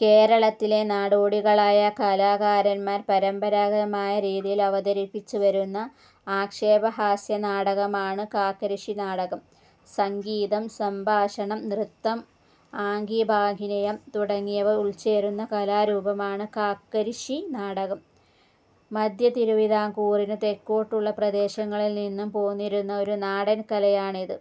കേരളത്തിലെ നാടോടികളായ കാക്കാലന്മാർ പരമ്പരാഗതമായ രീതിയിൽ അവതരിപ്പിച്ചു വരുന്ന ആക്ഷേപഹാസ്യനാടകമാണ് കാക്കരിശ്ശിനാടകം. സംഗീതം, സംഭാഷണം, നൃത്തം, ആംഗികാഭിനയം തുടങ്ങിയവ ഉൾച്ചേർന്ന കലാരൂപമാണ് കാക്കാരിശ്ശി നാടകം. മധ്യതിരുവതാംകൂറിനു തെക്കോട്ടുള്ള പ്രദേശങ്ങളിൽ നിലനിന്നു പോന്നിരുന്ന ഒരു നാടൻ കലയാണിതു്.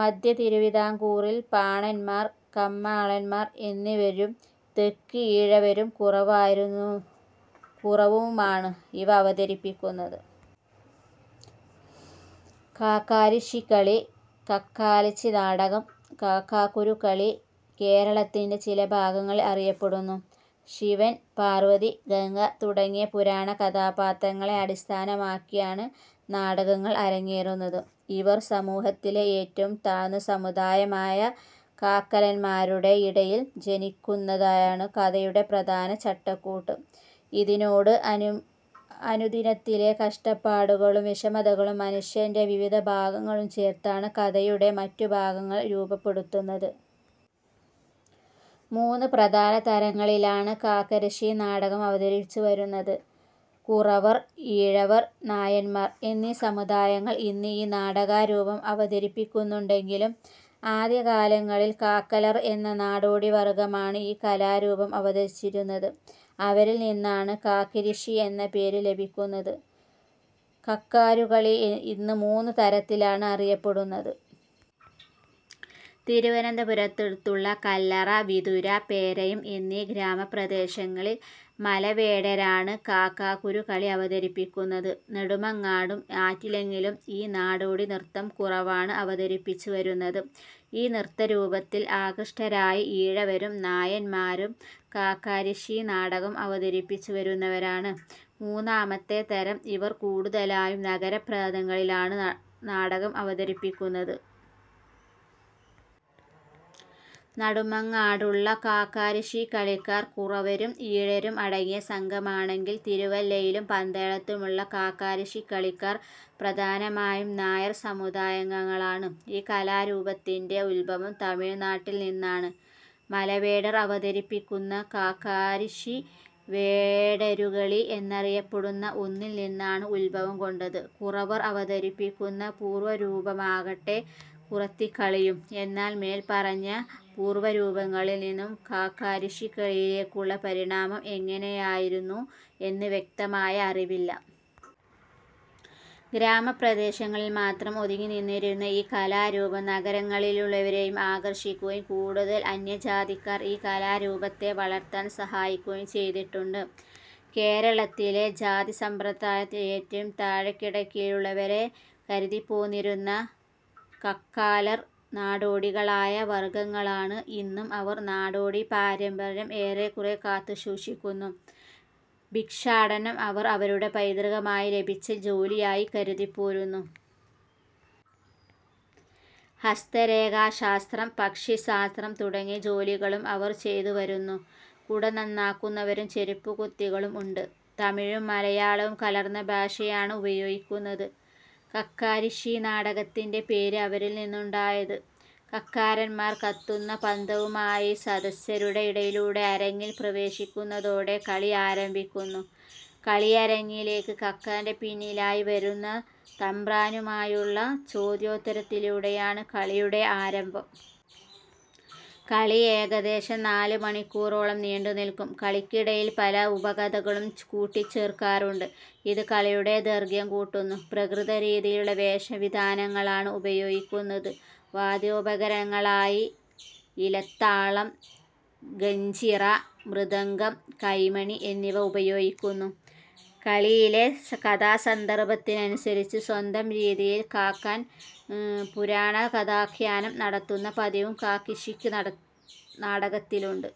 മധ്യതിരുവതാംകൂറിൽ പാണന്മാർ, കമ്മാളന്മാർ എന്നിവരും, തെക്ക് ഈഴവരും കുറവരുമാണ് ഇവ അവതിരിപ്പിക്കുന്നതു്. കാക്കാരിശ്ശികളി. കാക്കാലച്ചിനാടകം, കാക്കാരുകളി എന്നും കേരളത്തിൻറെ ചിലഭാഗങ്ങളിൽ അറിയപ്പെടുന്നു. ശിവൻ, പാർവതി, ഗംഗ തുടങ്ങിയ പുരാണ കഥാപാത്രങ്ങളള അടിസ്ഥാനമാക്കിയാണ് നാടകങ്ങൾ അരങ്ങേറുന്നത്. ഇവർ സമൂഹത്തിലെ ഏറ്റവും താഴ്ന്ന സമുദായമായ കാക്കാലന്മാരുടെ ഇടയിൽ ജനിക്കുന്നതായാണ് കഥയുടെ പ്രധാന ചട്ടക്കൂട്. ഇതിനോട് അനുദിനത്തിലെ കഷ്ടപ്പാടുകളും വിഷമതകളും മനുഷ്യന്റെ വിവിധഭാവങ്ങളും ചേർത്താണ് കഥയുടെ മറ്റു ഭാഗങ്ങൾ രൂപപ്പെടുത്തുന്നത്. മൂന്ന് പ്രധാന തരങ്ങളിലാണ് കാക്കരശ്ശി നാടകം അവതരിപ്പിച്ചു വരുന്നത്. കുറവർ, ഈഴവർ, നായന്മാർ എന്നീ സമുദായങ്ങൾ ഇന്ന് ഈ നാടകരൂപം അവതരിപ്പിക്കുന്നുണ്ടെങ്കിലും ആദ്യകാലങ്ങളിൽ കാക്കാലർ എന്ന നാടോടിവർഗ്ഗമാണ് ഈ കലാരൂപം അവതരിപ്പിച്ചിരുന്നത്. അവരിൽ നിന്നാണ് കാക്കാരിശ്ശി എന്ന പേരു ലഭിക്കുന്നത്. കാക്കാരുകളി ഇന്ന് മൂന്ന് തരത്തിലാണ് അവതരിപ്പിക്കപ്പെടുന്നത്. തിരുവനന്തപുരത്തിനടുത്തുള്ള കല്ലറ, വിതുര, പേരയം എന്നീ ഗ്രാമപ്രദേശങ്ങളിൽ മലവേടരാണ് കാക്കാരുകളി അവതരിപ്പിക്കുന്നത്. നെടുമങ്ങാടും ആറ്റിങ്ങലും ഈ നാടോടി നൃത്തം കുറവരാണ് അവതരിപ്പിച്ചു വരുന്നത്. ഈ നൃത്തരൂപത്തിൽ ആകൃഷ്ടരായി ഈഴവരും നായന്മാരും കാക്കാരിശ്ശി നാടകം അവതരിപ്പിച്ചു വരുന്നതാണ് മൂന്നാമത്തെ തരം. ഇവർ കൂടുതലായും നഗരപ്രാന്തങ്ങളിലാണ് നാടകം അവതരിപ്പിക്കുന്നത്. നെടുമങ്ങാടുള്ള കാക്കാരിശ്ശി കളിക്കാർ കുറവരും ഈഴവരും അടങ്ങിയ സംഘമാണെങ്കിൽ തിരുവല്ലയിലും പന്തളത്തുമുള്ള കാക്കാരിശ്ശികളിക്കാർ പ്രധാനമായും നായർ സമുദായാംഗങ്ങളാണ്. ഈ കലാരൂപത്തിന്റെ ഉത്ഭവം തമിഴ്നാട്ടിൽ നിന്നാണ്. മലവേടർ അവതരിപ്പിക്കുന്ന കാക്കാരിശ്ശി വേടരുകളി എന്നറിയപ്പെടുന്ന ഒന്നിൽ നിന്നാണ് ഉത്ഭവം കൊണ്ടത്. കുറവർ അവതരിപ്പിക്കുന്നതിന്റെ പൂർവ രൂപമാകടെ കുറത്തികളിയും. എന്നാൽ മേൽ പറഞ്ഞ പൂർവരൂപങ്ങളിൽ നിന്ന് കാക്കാരിശ്ശികളിയിലേക്കുള്ള പരിണാമ എങ്ങനെയായിരുന്നു എന്ന് വ്യക്തമായ അറിവില്ല. ഗ്രാമപ്രദേശങ്ങളിൽ മാത്രം ഒതുങ്ങി നിന്നിരുന്ന ഈ കലാരൂപം നഗരങ്ങളിലുള്ളവരേയും ആകർഷിക്കുകയും കൂടുതൽ അന്യജാതിക്കാർ ഈ കലാരൂപത്തെ വളർത്താൻ സഹായിക്കുകയും ചെയ്തിട്ടുണ്ട്. കേരളത്തിലെ ജാതിസമ്പ്രദായത്തിൽ ഏറ്റവും താഴെക്കിടയിലുള്ളവരെന്ന് കരുതിപ്പോന്നിരുന്ന കാക്കാലർ നാടോടികളായ വർഗ്ഗങ്ങളാണ്. ഇന്നും അവർ നാടോടി പാരമ്പര്യം ഏറെക്കുറെ കാത്തുസൂക്ഷിക്കുന്നു. ഭിക്ഷാടനം അവർ അവരുടെ പൈതൃകമായി ലഭിച്ച ജോലിയായി കരുതിപ്പോരുന്നു. ഹസ്തരേഖാശാസ്ത്രം, പക്ഷിശാസ്ത്രം തുടങ്ങിയ ജോലികളും അവർ ചെയ്തുവരുന്നു. കുട നന്നാക്കുന്നവരും ചെരുപ്പുകുത്തികളും ഉണ്ട്. തമിഴും മലയാളവും കലർന്ന ഭാഷയാണ് ഉപയോഗിക്കുന്നത്. കാക്കാരിശ്ശി നാടകത്തിന്റെ പേർ അവരിൽ നിന്നാണുണ്ടായത്. കാക്കാന്മാർ കത്തുന്ന പന്തവുമായി സദസ്യരുടെ ഇടയിലൂടെ അരങ്ങിൽ പ്രവേശിക്കുന്നതോടെ കളി ആരംഭിക്കുന്നു. കളിയരങ്ങിലേക്ക് കാക്കാന്റെ പിന്നിലായി വരുന്ന തബ്രാനുമായുള്ള ചൊദ്യോത്തരത്തിലൂടെയാണ് കളിയുടെ ആരംഭം. കളി ഏകദേശം നാലുമണിക്കൂറോളം നീണ്ടുനിൽക്കും. കളിക്കിടയിൽ പല ഉപകഥകളും കൂട്ടിചേർക്കാറുണ്ട്. ഇത് കളിയുടെ ദൈർഘ്യം കൂട്ടുന്നു. പ്രാകൃത രീതിയിലുള്ള വേഷവിധാനങ്ങളാണ് ഉപയോഗിക്കുന്നതു്. വാദ്യോപകരണങ്ങളായി ഇലത്താളം, ഗഞ്ചിറ, മൃദംഗം, കൈമണി എന്നിവ ഉപയോഗിക്കുന്നു. കളിയിലെ കഥാസന്ദർഭത്തിനനുസരിച്ച് സ്വന്തം രീതിയിൽ കാക്കാൻ പുരാണകഥാഖ്യാനം നടത്തുന്ന പതിവും കാക്കരിശ്ശി നാടകത്തിനുണ്ട്.